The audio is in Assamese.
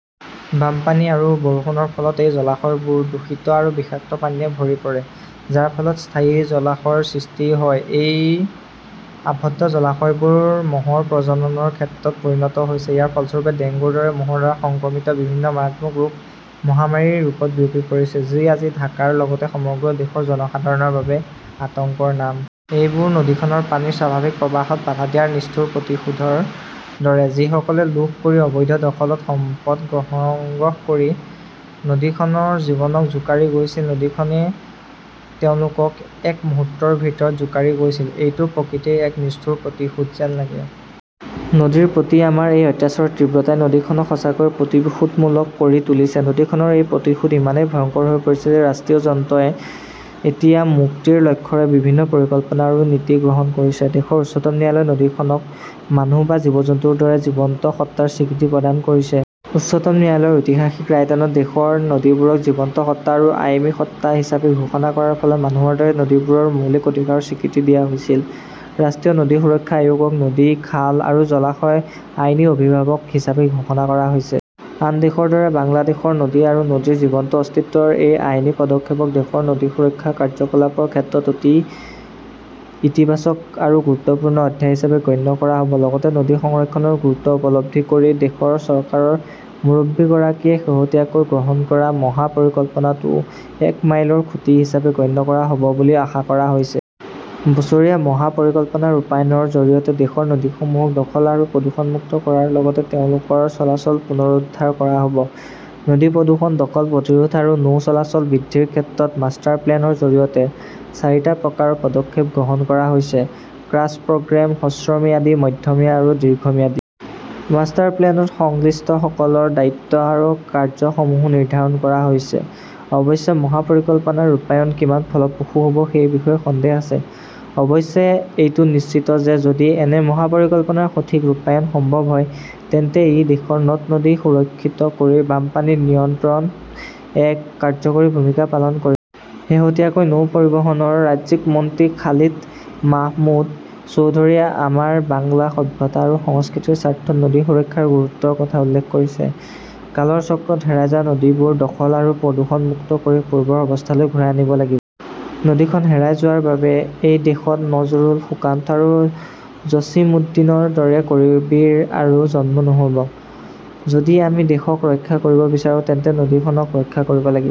বানপানী আৰু বৰষুণৰ ফলত এই জলাশয়বোৰ দূষিত আৰু বিষাক্ত পানীৰে ভৰি পৰে, যাৰ ফলত স্থায়ী জলাশয়ৰ সৃষ্টি হয়। এই আবদ্ধ জলাশয়বোৰ মহৰ প্ৰজননৰ ক্ষেত্ৰত পৰিণত হৈছে। ইয়াৰ ফলস্বৰূপে, ডেংগুৰ দৰে মহৰ দ্বাৰা সংক্ৰমিত বিভিন্ন মাৰাত্মক ৰোগ মহামাৰীৰ ৰূপত বিয়পি পৰিছে, যি আজি ঢাকাৰ লগতে সমগ্ৰ দেশৰ জনসাধাৰণৰ বাবে আতংকৰ নাম। এইবোৰ নদীখনৰ পানীৰ স্বাভাৱিক প্ৰবাহত বাধা দিয়াৰ নিষ্ঠুৰ প্ৰতিশোধৰ দৰে। যিসকলে লোভ কৰি অবৈধ দখলত সম্পদ সংগ্ৰহ কৰি নদীখনৰ জীৱনক জোকাৰি গৈছিল, নদীখনেও তেওঁলোকক এক মুহূৰ্তৰ ভিতৰত জোকাৰি গৈছিল। এইটো প্ৰকৃতিৰ এক নিষ্ঠুৰ প্ৰতিশোধ যেন লাগে। নদীৰ প্ৰতি আমাৰ এই অত্যাচাৰৰ তীব্ৰতাই নদীখনক সঁচাকৈয়ে প্ৰতিশোধমূলক কৰি তুলিছে। নদীখনৰ এই প্ৰতিশোধ ইমানেই ভয়ংকৰ হৈ পৰিছে যে ৰাষ্ট্ৰীয় যন্ত্ৰই এতিয়া মুক্তিৰ লক্ষ্যৰে বিভিন্ন পৰিকল্পনা আৰু নীতি গ্ৰহণ কৰিছে। দেশৰ উচ্চতম ন্যায়ালয়ে নদীখনক মানুহ বা জীৱ-জন্তুৰ দৰে জীৱন্ত সত্তাৰ স্বীকৃতি প্ৰদান কৰিছে। উচ্চতম ন্যায়ালয়ৰ ঐতিহাসিক ৰায়দানত দেশৰ নদীবোৰক জীৱন্ত সত্তা আৰু আইনী সত্তা হিচাপে ঘোষণা কৰাৰ ফলত মানুহৰ দৰে নদীবোৰৰ মৌলিক অধিকাৰক স্বীকৃতি দিয়া হৈছিল। ৰাষ্ট্ৰীয় নদী সুৰক্ষা আয়োগক নদী, খাল আৰু জলাশয়ৰ আইনী অভিভাৱক হিচাপে ঘোষণা কৰা হৈছে। আন দেশৰ দৰে বাংলাদেশৰ নদী আৰু নদীৰ জীৱন্ত অস্তিত্বৰ এই আইনী পদক্ষেপক দেশৰ নদী সুৰক্ষা কাৰ্যকলাপৰ ক্ষেত্ৰত এক অতি ইতিবাচক আৰু গুৰুত্বপূৰ্ণ অধ্যায় হিচাপে গণ্য কৰা হ'ব। লগতে নদী সংৰক্ষণৰ গুৰুত্ব উপলব্ধি কৰি দেশৰ চৰকাৰৰ মুৰব্বীগৰাকীয়ে শেহতীয়াকৈ গ্ৰহণ কৰা মহা পৰিকল্পনাটোও এক মাইলৰ খুঁটি হিচাপে গণ্য কৰা হ'ব বুলি আশা কৰা হৈছে। বছৰীয়া মহা পৰিকল্পনা ৰূপায়ণৰ জৰিয়তে দেশৰ নদীসমূহক দখল আৰু প্ৰদূষণমুক্ত কৰাৰ লগতে তেওঁলোকৰ চলাচল পুনৰুদ্ধাৰ কৰা হ'ব। নদী প্ৰদূষণ, দখল প্ৰতিৰোধ আৰু নৌ চলাচল বৃদ্ধিৰ ক্ষেত্ৰত মাষ্টাৰপ্লেনৰ জৰিয়তে চাৰিটা প্ৰকাৰৰ পদক্ষেপ গ্ৰহণ কৰা হৈছেঃ ক্ৰাছ প্ৰগ্ৰেম, হ্ৰস্বম্যাদী, মধ্যমীয়া আৰু দীৰ্ঘম্যাদী। মাষ্টাৰ প্লেনত সংশ্লিষ্টসকলৰ দায়িত্ব আৰু কাৰ্য্যসমূহও নিৰ্ধাৰণ কৰা হৈছে। অৱশ্যে মহা পৰিকল্পনাৰ ৰূপায়ণ কিমান ফলপ্ৰসূ হ'ব সেই বিষয়ে সন্দেহ আছে। অৱশ্যে, এইটো নিশ্চিত যে যদি এনে মহা পৰিকল্পনাৰ সঠিক ৰূপায়ণ সম্ভৱ হয়, তেন্তে ই দেশৰ নদ-নদী সুৰক্ষিত কৰি বানপানী নিয়ন্ত্ৰণত এক কাৰ্যকৰী ভূমিকা পালন কৰিব। শেহতীয়াকৈ নৌ পৰিবহণৰ ৰাজ্যিক মন্ত্ৰী খালিদ মাহমুদ চৌধুৰীয়েও আমাৰ বাংলা সভ্যতা আৰু সংস্কৃতিৰ স্বাৰ্থত নদী সুৰক্ষাৰ গুৰুত্বৰ কথা উল্লেখ কৰিছে। "কালৰ চক্ৰত হেৰাই যোৱা নদীবোৰ দখল আৰু প্ৰদূষণমুক্ত কৰি পূৰ্বৰ অৱস্থালৈ ঘূৰাই আনিব লাগিব"। নদীখন হেৰাই যোৱাৰ বাবে এই দেশত নজৰুল, সুকান্ত আৰু জছিমুদ্দিনৰ দৰে কবিৰ আৰু জন্ম নহ'ব। যদি আমি দেশক ৰক্ষা কৰিব বিচাৰো তেন্তে নদীখনক ৰক্ষা কৰিব লাগিব।